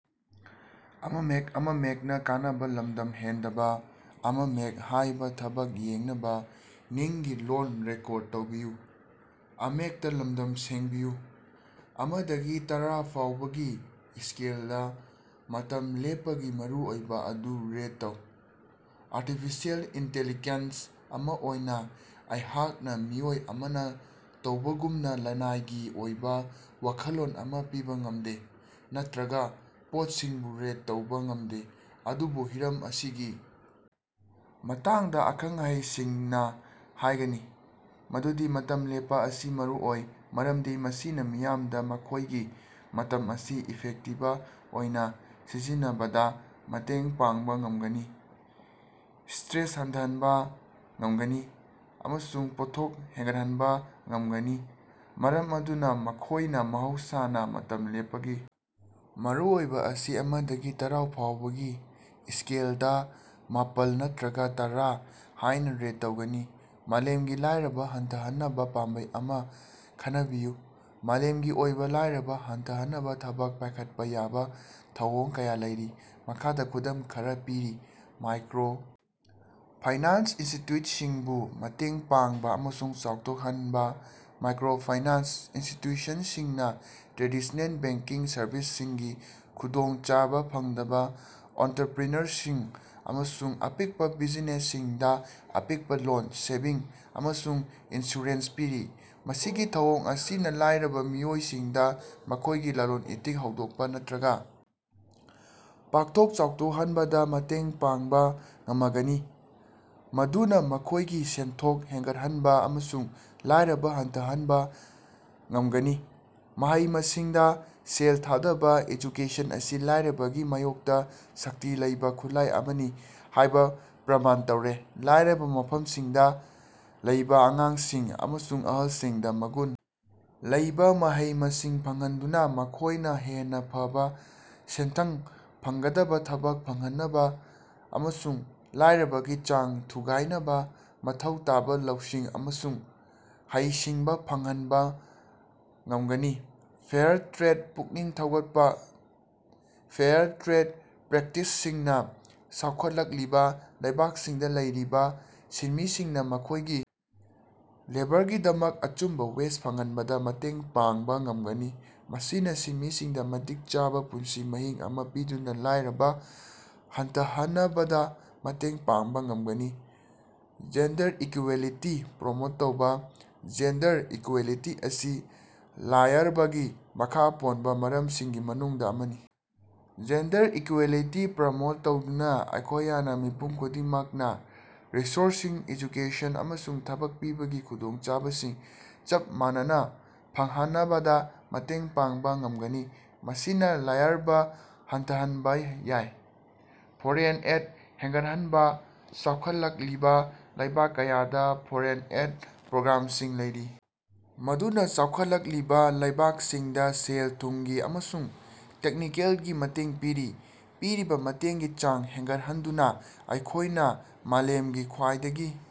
ꯑꯃ ꯗꯒꯤ ꯇꯔꯥ ꯐꯥꯎꯕꯒꯤ ꯏꯁꯀꯦꯜꯗꯥ, ꯃꯇꯝ ꯂꯦꯞꯄꯒꯤ ꯃꯔꯨꯑꯣꯏꯕ ꯑꯗꯨ ꯔꯦꯠ ꯇꯧ꯫ ꯑꯥꯔꯇꯤꯐꯤꯁꯤꯑꯦꯜ ꯏꯟꯇꯦꯜꯂꯤꯒꯦꯟꯁ ꯑꯃ ꯑꯣꯏꯅꯥ ꯑꯩꯍꯥꯛꯅꯥ ꯃꯤꯑꯣꯏ ꯑꯃꯅ ꯇꯧꯕꯒꯨꯝꯅꯥ ꯂꯅꯥꯏꯒꯤ ꯑꯣꯏꯕꯥ ꯋꯥꯈꯜꯂꯣꯟ ꯑꯃ ꯄꯤꯕꯥ ꯉꯝꯗꯦ ꯅꯠꯇ꯭ꯔꯥꯒ ꯄꯣꯠꯁꯤꯡꯕꯨ ꯔꯦꯠ ꯇꯧꯕꯥ ꯉꯝꯗꯦ ꯑꯗꯨꯕꯨ ꯍꯤꯔꯝ ꯑꯁꯤꯒꯤ ꯃꯇꯥꯡꯗ ꯑꯈꯪ-ꯑꯍꯩꯁꯤꯡꯅꯥ ꯍꯥꯏꯒꯅꯤ ꯃꯗꯨꯗꯤ ꯃꯇꯝ ꯂꯦꯞꯄꯥ ꯑꯁꯤ ꯃꯔꯨꯑꯣꯏ ꯃꯔꯝꯗꯤ ꯃꯁꯤꯅꯥ ꯃꯤꯌꯥꯝꯗ ꯃꯈꯣꯏꯒꯤ ꯃꯇꯝ ꯑꯁꯤ ꯏꯐꯦꯛꯇꯤꯕ ꯑꯣꯏꯅꯥ ꯁꯤꯖꯤꯟꯅꯕꯗꯥ ꯃꯇꯦꯡ ꯄꯥꯡꯕꯥ ꯉꯝꯒꯅꯤ, ꯏꯁꯇ꯭ꯔꯦꯁ ꯍꯟꯊꯍꯟꯕ ꯉꯝꯒꯅꯤ ꯑꯃꯁꯨꯡ ꯄꯣꯠꯊꯣꯛ ꯍꯦꯟꯒꯠꯍꯟꯕꯥ ꯉꯝꯒꯅꯤ꯫ ꯃꯔꯝ ꯑꯗꯨꯅꯥ ꯃꯈꯣꯏꯅ ꯃꯍꯧꯁꯅꯥ ꯃꯇꯝ ꯂꯦꯞꯄꯒꯤ ꯃꯔꯨꯑꯣꯏꯕꯥ ꯑꯁꯤ ꯑꯃꯗꯒꯤ ꯇꯔꯥ ꯐꯥꯎꯕꯒꯤ ꯏꯁꯀꯦꯜꯗꯥ ꯃꯥꯄꯜ ꯅꯠꯇ꯭ꯔꯒ ꯇꯔꯥ ꯍꯥꯏꯅꯥ ꯔꯦꯠ ꯇꯧꯒꯅꯤ꯫ ꯃꯥꯂꯦꯝꯒꯤ ꯂꯥꯏꯔꯕꯥ ꯍꯟꯊꯍꯟꯅꯕꯥ ꯄꯥꯝꯕꯩ ꯑꯃꯥ ꯈꯟꯅꯕꯤꯌꯨ꯫ ꯃꯥꯂꯦꯝꯒꯤ ꯑꯣꯏꯕꯥ ꯂꯥꯏꯔꯕꯥ ꯍꯟꯊꯍꯟꯅꯕꯥ ꯊꯕꯛ ꯄꯥꯏꯈꯠꯄꯥ ꯌꯥꯕꯥ ꯊꯧꯑꯣꯡ ꯀꯌꯥ ꯂꯩꯔꯤ꯫ ꯃꯈꯥꯗꯥ ꯈꯨꯗꯝ ꯈꯔꯥ ꯄꯤꯔꯤ: ꯃꯥꯏꯀ꯭ꯔꯣ ꯐꯥꯏꯅꯥꯟꯁ ꯏꯟꯁꯇꯤꯇꯤꯌꯨꯠꯁꯤꯡꯕꯨ ꯃꯇꯦꯡ ꯄꯥꯡꯕꯥ ꯑꯃꯁꯨꯡ ꯆꯥꯎꯊꯣꯛꯍꯟꯕꯥ, ꯃꯥꯏꯀ꯭ꯔꯣ ꯐꯥꯏꯅꯥꯟꯁ ꯏꯟꯁꯇꯤꯇ꯭ꯌꯨꯁꯟꯁꯤꯡꯅꯥ ꯇ꯭ꯔꯦꯗꯤꯁꯅꯦꯜ ꯕꯦꯡꯀꯤꯡ ꯁꯔꯚꯤꯁꯁꯤꯡꯒꯤ ꯈꯨꯗꯣꯡꯆꯥꯕꯥ ꯐꯪꯗꯕ ꯑꯣꯟꯇꯔꯄ꯭ꯔꯤꯅꯔꯁꯤꯡ ꯑꯃꯁꯨꯡ ꯑꯄꯤꯛꯄꯥ ꯕꯤꯖꯤꯅꯦꯁꯁꯤꯡꯗꯥ ꯑꯄꯤꯛꯄꯥ ꯂꯣꯟ, ꯁꯦꯚꯤꯡ, ꯑꯃꯁꯨꯡ ꯏꯟꯁꯨꯔꯦꯟꯁ ꯄꯤꯔꯤ꯫ ꯃꯁꯤꯒꯤ ꯊꯧꯑꯣꯡ ꯑꯁꯤꯅꯥ ꯂꯥꯏꯔꯕꯥ ꯃꯤꯑꯣꯏꯁꯤꯡꯗꯥ ꯃꯈꯣꯏꯒꯤ ꯂꯂꯣꯟ-ꯏꯇꯤꯛ ꯍꯧꯗꯣꯛꯄꯥ ꯅꯠꯇ꯭ꯔꯥꯒꯥ ꯄꯥꯛꯊꯣꯛ-ꯆꯥꯎꯊꯣꯛꯍꯟꯕꯗꯥ ꯃꯇꯦꯡ ꯄꯥꯡꯕ ꯉꯃꯒꯅꯤ꯫ ꯃꯗꯨꯅꯥ ꯃꯈꯣꯏꯒꯤ ꯁꯦꯟꯊꯣꯛ ꯍꯦꯟꯒꯠꯍꯟꯕꯥ ꯑꯃꯁꯨꯡ ꯂꯥꯏꯔꯕ ꯍꯟꯊꯍꯟꯕ ꯉꯝꯒꯅꯤ꯫ ꯃꯍꯩ-ꯃꯁꯤꯡꯗꯥ ꯁꯦꯜ ꯊꯥꯗꯕ, ꯑꯦꯖꯨꯀꯦꯁꯟ ꯑꯁꯤ ꯂꯥꯏꯔꯕꯒꯤ ꯃꯥꯌꯣꯛꯇꯥ ꯁꯛꯇꯤ ꯂꯩꯕꯥ ꯈꯨꯠꯂꯥꯏ ꯑꯃꯅꯤ ꯍꯥꯏꯕꯥ ꯄ꯭ꯔꯃꯥꯟ ꯇꯧꯔꯦ꯫ ꯂꯥꯏꯔꯕꯥ ꯃꯐꯝꯁꯤꯡꯗꯥ ꯂꯩꯕꯥ ꯑꯉꯥꯡꯁꯤꯡ ꯑꯃꯁꯨꯡ ꯑꯍꯜꯁꯤꯡꯗꯥ ꯃꯒꯨꯟ ꯂꯩꯕꯥ ꯃꯍꯩ-ꯃꯁꯤꯡ ꯐꯪꯍꯟꯗꯨꯅꯥ ꯃꯈꯣꯏꯅ ꯍꯦꯟꯅ ꯐꯕ ꯁꯦꯟꯊꯪ ꯐꯪꯒꯗꯕ ꯊꯕꯛ ꯐꯪꯍꯟꯅꯕ ꯑꯃꯁꯨꯡ ꯂꯥꯏꯔꯕꯒꯤ ꯆꯥꯡ ꯊꯨꯒꯥꯏꯅꯕ ꯃꯊꯧ ꯇꯥꯕ ꯂꯧꯁꯤꯡ ꯑꯃꯁꯨꯡ ꯍꯩꯁꯤꯡꯕꯥ ꯐꯪꯍꯟꯕ ꯉꯝꯒꯅꯤ꯫ ꯐꯦꯌꯥꯔ ꯇ꯭ꯔꯦꯗ ꯄꯨꯛꯅꯤꯡ ꯊꯧꯒꯠꯄꯥ: ꯐꯦꯌꯔ ꯇ꯭ꯔꯦꯗ ꯄ꯭ꯔꯦꯛꯇꯤꯁꯁꯤꯡꯅꯥ ꯆꯥꯎꯈꯠꯂꯛꯂꯤꯕꯥ ꯂꯩꯕꯥꯛꯁꯤꯡꯗ ꯂꯩꯔꯤꯕꯥ ꯁꯤꯟꯃꯤꯁꯤꯡꯅ ꯃꯈꯣꯏꯒꯤ ꯂꯦꯕꯔꯒꯤꯗꯃꯛ ꯑꯆꯨꯝꯕ ꯋꯦꯖ ꯐꯪꯍꯟꯕꯗ ꯃꯇꯦꯡ ꯄꯥꯡꯕꯥ ꯉꯝꯒꯅꯤ꯫ ꯃꯁꯤꯅꯥ ꯁꯤꯟꯃꯤꯁꯤꯡꯗ ꯃꯇꯤꯛ ꯆꯥꯕꯥ ꯄꯨꯟꯁꯤ ꯃꯍꯤꯡ ꯑꯃ ꯄꯤꯗꯨꯅ ꯂꯥꯏꯔꯕꯥ ꯍꯟꯊꯍꯅꯕꯗꯥ ꯃꯇꯦꯡ ꯄꯥꯡꯕ ꯉꯝꯒꯅꯤ꯫ ꯖꯦꯟꯗꯔ ꯏꯀꯨꯋꯦꯂꯤꯇꯤ ꯄ꯭ꯔꯣꯃꯣꯠ ꯇꯧꯕꯥ: ꯖꯦꯟꯗꯔ ꯏꯀꯨꯋꯦꯂꯤꯇꯤ ꯑꯁꯤ ꯂꯥꯌꯔꯕꯒꯤ ꯃꯈꯥ ꯄꯣꯟꯕ ꯃꯔꯝꯁꯤꯡꯒꯤ ꯃꯅꯨꯡꯗ ꯑꯃꯅꯤ꯫ ꯖꯦꯟꯗꯔ ꯏꯀꯨꯋꯦꯂꯤꯇꯤ ꯄ꯭ꯔꯃꯣꯠ ꯇꯧꯗꯨꯅꯥ ꯑꯩꯈꯣꯌꯅ ꯃꯤꯄꯨꯝ ꯈꯨꯗꯤꯡꯃꯛꯅꯥ ꯔꯤꯁꯣꯔꯁꯁꯤꯡ, ꯑꯦꯖꯨꯀꯦꯁꯟ, ꯑꯃꯁꯨꯡ ꯊꯕꯛ ꯄꯤꯕꯒꯤ ꯈꯨꯗꯣꯡꯆꯥꯕꯁꯤꯡ ꯆꯞ ꯃꯥꯟꯅꯅ ꯐꯪꯍꯅꯕꯗ ꯃꯇꯦꯡ ꯄꯥꯡꯕ ꯉꯝꯒꯅꯤ꯫ ꯃꯁꯤꯅ ꯂꯥꯌꯔꯕ ꯍꯟꯊꯍꯟꯕꯥ ꯌꯥꯏ꯫ ꯐꯣꯔꯦꯟ ꯑꯦꯗ ꯍꯦꯟꯒꯠꯍꯟꯕꯥ: ꯆꯥꯎꯈꯠꯂꯛꯂꯤꯕꯥ ꯂꯩꯕꯥꯛ ꯀꯌꯥꯗꯥ ꯐꯣꯔꯦꯟ ꯑꯦꯗ ꯄ꯭ꯔꯣꯒ꯭ꯔꯥꯝꯁꯤꯡ ꯂꯩꯔꯤ ꯃꯗꯨꯅꯥ ꯆꯥꯎꯈꯠꯂꯛꯂꯤꯕꯥ ꯂꯩꯕꯥꯛꯁꯤꯡꯗꯥ ꯁꯦꯜ-ꯊꯨꯝꯒꯤ ꯑꯃꯁꯨꯡ ꯇꯦꯛꯅꯤꯀꯦꯜꯒꯤ ꯃꯇꯦꯡ ꯄꯤꯔꯤ꯫ ꯄꯤꯔꯤꯕꯥ ꯃꯇꯦꯡꯒꯤ ꯆꯥꯡ ꯍꯦꯟꯒꯠꯍꯟꯗꯨꯅꯥ ꯑꯩꯈꯣꯏꯅꯥ ꯃꯥꯂꯦꯝꯒꯤ ꯈ꯭ꯋꯥꯏꯗꯒꯤ